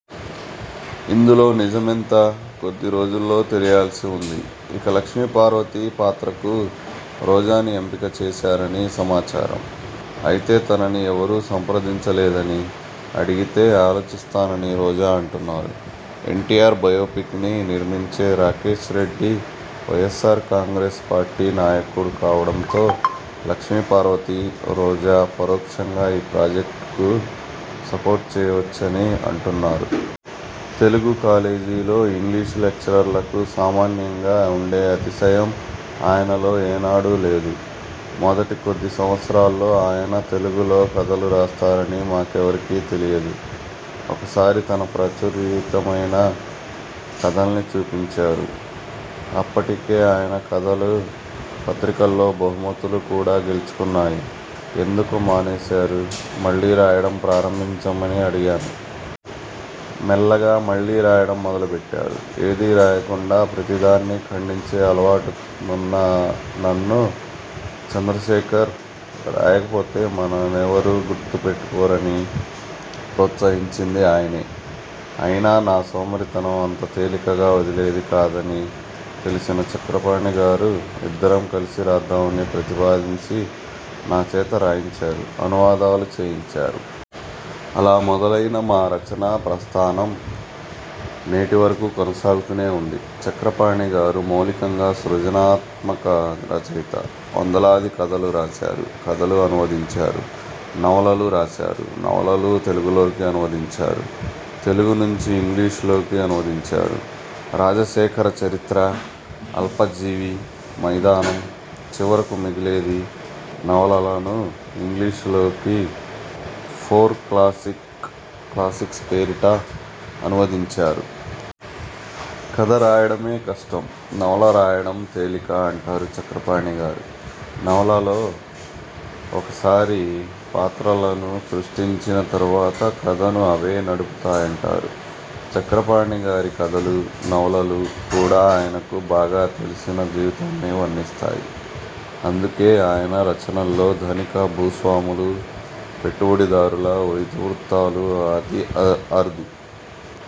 ఇందులో నిజమెంతో కొద్ది రోజుల్లో తెలియాల్సి ఉంది. ఇక లక్ష్మీపార్వతి పాత్రకు రోజాని ఎంపిక చేశారని సమాచారం. అయితే తనని ఎవరూ సంప్రదించలేదని, అడిగితే ఆలోచిస్తానని రోజా అంటున్నారు. ఎన్టీఆర్ బయోపిక్ని నిర్మించే రాకేశ్రెడ్డి వైఎస్సార్ కాంగ్రెస్ పార్టీ నాయకుడు కావడంతో లక్ష్మీపార్వతి, రోజా పరోక్షంగా ఈ ప్రాజెక్ట్కు సపోర్ట్ చేయవచ్చని అంటున్నారు. తెలుగు కాలేజీలో ఇంగ్లీషు లెక్చరర్లకు సామాన్యంగా ఉండే అతిశయం ఆయనలో ఏనాడూ లేదు. మొదటి కొద్ది సంవత్సరాల్లో ఆయన తెలుగులో కథలు రాస్తారని మాకెవరికీ తెలియదు. ఒకసారి తన ప్రచురితమైన కథల్ని చూపించారు. అప్పటికే ఆయన కథలు పత్రికల్లో బహుమతులు కూడా గెలుచుకున్నాయి. ఎందుకు మానేశారు, మళ్లీ రాయడం ప్రారంభించమని అడిగాను. మెల్లగా మళ్లీ రాయడం మొదలుపెట్టారు. ఏదీ రాయకుండా ప్రతిదాన్నీ ఖండించే అలవాటున్న నన్ను 'చంద్రశేఖర్! రాయకపోతే మననెవరూ గుర్తుపెటుకోర'ని ప్రోత్సహించింది ఆయనే. అయినా నా సోమరితనం అంత తేలికగా వదిలేది కాదని తెలిసిన చక్రపాణి గారు ఇద్దరం కలిసి రాద్దామని ప్రతిపాదించి నా చేత రాయించారు, అనువాదాలు చేయించారు. అలా మొదలైన మా రచనా ప్రస్థానం నేటివరకూ కొనసాగుతూనే ఉంది. చక్రపాణి గారు మౌలికంగా సృజనాత్మక రచయిత. వందలాది కథలు రాశారు, కథలు అనువదించారు. నవలలు రాశారు, నవలలు తెలుగులోకి అనువదించారు. తెలుగు నుంచి ఇంగ్లీషులోకీ అనువదించారు. 'రాజశేఖర చరిత్ర', 'అల్పజీవి', 'మైదానం', 'చివరకు మిగిలేది' నవలలను ఇంగ్లీషులోకి ఫోర్ క్లాసిక్స్ పేరిట అనువదించారు. కథ రాయడమే కష్టం, నవల రాయడం తేలిక అంటారు చక్రపాణి గారు. నవలలో ఒకసారి పాత్రలను సృష్టించిన తర్వాత కథను అవే నడుపుతాయంటారు. చక్రపాణి గారి కథలూ, నవలలూ కూడా ఆయనకు బాగా తెలిసిన జీవితాన్నే వర్ణిస్తాయి. అందుకే ఆయన రచనల్లో ధనిక భూస్వాములూ, పెట్టుబడిదారుల ఇతివృత్తాలు అతి అరుదు.